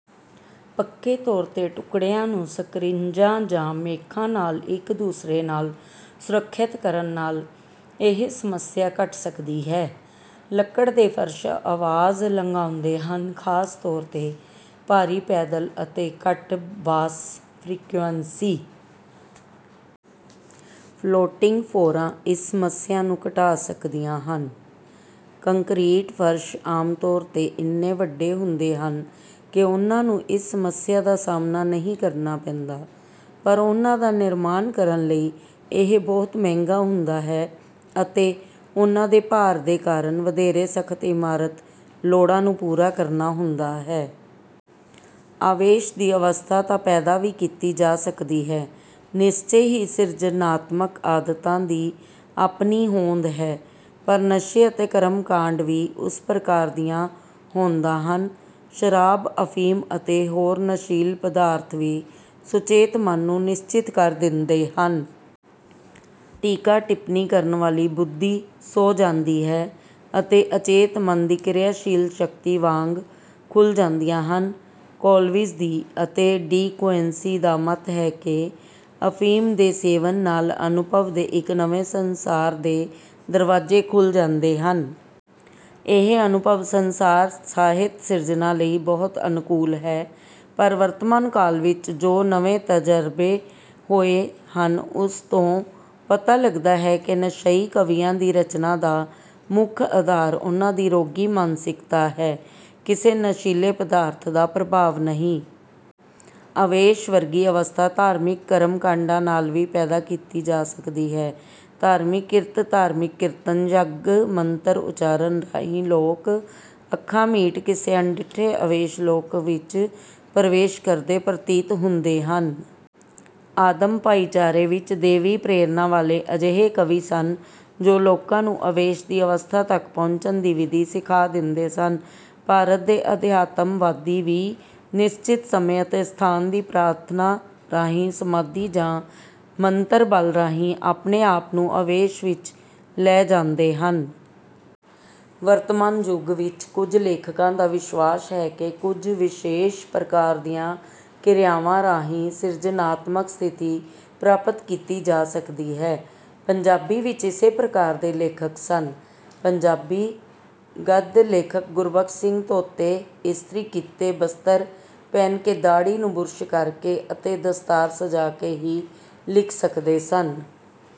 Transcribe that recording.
ਪੱਕੇ ਤੌਰ ਤੇ ਟੁਕੜਿਆਂ ਨੂੰ ਸਕ੍ਰਿਜਾਂ ਜਾਂ ਮੇਖਾਂ ਨਾਲ ਇੱਕ ਦੂਸਰੇ ਨਾਲ ਸੁਰੱਖਿਅਤ ਕਰਨ ਨਾਲ ਇਹ ਸਮੱਸਿਆ ਘਟ ਸਕਦੀ ਹੈ। ਲੱਕੜ ਦੇ ਫ਼ਰਸ਼ ਅਵਾਜ਼ ਲੰਘਾਉਂਦੇ ਹਨ ਖਾਸ ਤੌਰ ਤੇ ਭਾਰੀ ਪੈਦਲ ਅਤੇ ਘੱਟ ਬਾਸ ਫ੍ਰੀਕੁਐਂਸੀ। ਫਲੋਟਿੰਗ ਫੋਰਾਂ ਇਸ ਸਮੱਸਿਆ ਨੂੰ ਘਟਾ ਸਕਦੀਆਂ ਹਨ। ਕੰਕਰੀਟ ਫਰਸ਼ ਆਮ ਤੌਰ ਤੇ ਇੰਨੇ ਵੱਡੇ ਹੁੰਦੇ ਹਨ ਕਿ ਉਹਨਾਂ ਨੂੰ ਇਸ ਸਮੱਸਿਆ ਦਾ ਸਾਹਮਣਾ ਨਹੀਂ ਕਰਨਾ ਪੈਂਦਾ ਪਰ ਉਹਨਾਂ ਦਾ ਨਿਰਮਾਣ ਕਰਨ ਲਈ ਇਹ ਬਹੁਤ ਮਹਿੰਗਾ ਹੁੰਦਾ ਹੈ ਅਤੇ ਉਹਨਾਂ ਦੇ ਭਾਰ ਦੇ ਕਾਰਨ ਵਧੇਰੇ ਸਖ਼ਤ ਇਮਾਰਤ ਲੋੜਾਂ ਨੂੰ ਪੂਰਾ ਕਰਨਾ ਹੁੰਦਾ ਹੈ। ਆਵੇਸ਼ ਦੀ ਅਵਸਥਾ ਤਾਂ ਪੈਦਾ ਵੀ ਕੀਤੀ ਜਾ ਸਕਦੀ ਹੈ। ਨਿਸ਼ਚੇ ਹੀ ਸਿਰਜਨਾਤਮਕ ਆਦਤਾਂ ਦੀ ਆਪਣੀ ਹੋਂਦ ਹੈ ਪਰ ਨਸ਼ੇ ਅਤੇ ਕਰਮ ਕਾਂਡ ਵੀ ਉਸ ਪ੍ਰਕਾਰ ਦੀਆਂ ਹੋਦਾਂ ਹਨ। ਸ਼ਰਾਬ ਅਫੀਮ ਅਤੇ ਹੋਰ ਨਸ਼ੀਲ ਪਦਾਰਥ ਵੀ ਸੁਚੇਤ ਮਨ ਨੂੰ ਨਿਸ਼ਚਿਤ ਕਰ ਦਿੰਦੇ ਹਨ। ਟੀਕਾ ਟਿੱਪਣੀ ਕਰਨ ਵਾਲੀ ਬੁੱਧੀ ਸੌਂ ਜਾਂਦੀ ਹੈ ਅਤੇ ਅਚੇਤ ਮਨ ਦੀ ਕਿਰਿਆਸ਼ੀਲ ਸ਼ਕਤੀ ਵਾਂਗ ਖੁੱਲ੍ਹ ਜਾਂਦੀਆਂ ਹਨ। ਕੋਲਵਿਜ ਦੀ ਅਤੇ ਡੀ ਕੁਇੰਸੀ ਦਾ ਮਤ ਹੈ ਕਿ ਅਫੀਮ ਦੇ ਸੇਵਨ ਨਾਲ ਅਨੁਭਵ ਦੇ ਇੱਕ ਨਵੇਂ ਸੰਸਾਰ ਦੇ ਦਰਵਾਜੇ ਖੁੱਲ੍ਹ ਜਾਂਦੇ ਹਨ। ਇਹ ਅਨੁਭਵ ਸੰਸਾਰ ਸਾਹਿਤ ਸਿਰਜਣਾ ਲਈ ਬਹੁਤ ਅਨੁਕੂਲ ਹੈ। ਪਰ ਵਰਤਮਾਨ ਕਾਲ ਵਿੱਚ ਜੋ ਨਵੇਂ ਤਜਰਬੇ ਹੋਏ ਹਨ ਉਸ ਤੋਂ ਪਤਾ ਲੱਗਦਾ ਹੈ ਕਿ ਨਸ਼ਈ ਕਵੀਆਂ ਦੀ ਰਚਨਾ ਦਾ ਮੁੱਖ ਆਧਾਰ ਉਹਨਾਂ ਦੀ ਰੋਗੀ ਮਾਨਸਿਕਤਾ ਹੈ ਕਿਸੇ ਨਸ਼ੀਲੇ ਪਦਾਰਥ ਦਾ ਪ੍ਰਭਾਵ ਨਹੀਂ। ਆਵੇਸ਼ ਵਰਗੀ ਅਵਸਥਾ ਧਾਰਮਿਕ ਕਰਮ ਕਾਡਾਂ ਨਾਲ ਵੀ ਪੈਦਾ ਕੀਤੀ ਜਾ ਸਕਦੀ ਹੈ। ਧਾਰਮਿਕ ਕਿਰਤ ਧਾਰਮਿਕ ਕੀਰਤਨ ਯੱਗ ਮੰਤਰ ਉਚਾਰਨ ਰਾਹੀਂ ਲੋਕ ਅੱਖਾਂ ਮੀਟ ਕਿਸੇ ਅਣਡਿੱਠੇ ਆਵੇਸ਼ ਲੋਕ ਵਿੱਚ ਪ੍ਰਵੇਸ਼ ਕਰਦੇ ਪ੍ਰਤੀਤ ਹੁੰਦੇ ਹਨ। ਆਦਮ ਭਾਈਚਾਰੇ ਵਿੱਚ ਦੇਵੀ ਪ੍ਰੇਰਣਾ ਵਾਲੇ ਅਜਿਹੇ ਕਵੀ ਸਨ ਜੋ ਲੋਕਾਂ ਨੂੰ ਆਵੇਸ਼ ਦੀ ਅਵਸਥਾ ਤੱਕ ਪਹੁੰਚਣ ਦੀ ਵਿਧੀ ਸਿਖਾ ਦਿੰਦੇ ਸਨ। ਭਾਰਤ ਦੇ ਅਧਿਆਤਮ ਵਾਦੀ ਵੀ ਨਿਸ਼ਚਿਤ ਸਮੇਂ ਅਤੇ ਸਥਾਨ ਦੀ ਪ੍ਰਾਰਥਨਾ ਰਾਹੀਂ ਸਮਾਧੀ ਜਾਂ ਮੰਤਰ ਬਲ ਰਾਹੀਂ ਆਪਣੇ ਆਪ ਨੂੰ ਆਵੇਸ਼ ਵਿੱਚ ਲੈ ਜਾਂਦੇ ਹਨ। ਵਰਤਮਾਨ ਯੁਗ ਵਿੱਚ ਵੀ ਕੁੱਝ ਲੇਖਕਾਂ ਦਾ ਵਿਸ਼ਵਾਸ ਹੈ ਕਿ ਕੁੱਝ ਵਿਸ਼ੇਸ਼ ਪ੍ਰਕਾਰ ਦੀਆਂ ਕਿਰਿਆਵਾਂ ਰਾਹੀਂ ਸਿਰਜਨਾਤਮਕ ਸਥਿਤੀ ਪ੍ਰਾਪਤ ਕੀਤੀ ਜਾ ਸਕਦੀ ਹੈ। ਪੰਜਾਬੀ ਵਿੱਚ ਇਸੇ ਪ੍ਰਕਾਰ ਦੇ ਲੇਖਕ ਸਨ। ਪੰਜਾਬੀ ਗਦ ਲੇਖਕ ਗੁਰਬਖਸ਼ ਸਿੰਘ ਧੋਤੇ ਇਸਤਰੀ ਕੀਤੇ ਬਸਤਰ ਪਹਿਨ ਕੇ ਦਾੜ੍ਹੀ ਨੂੰ ਬੁਰਸ਼ ਕਰਕੇ ਅਤੇ ਦਸਤਾਰ ਸਜਾ ਕੇ ਹੀ ਲਿਖ ਸਕਦੇ ਸਨ।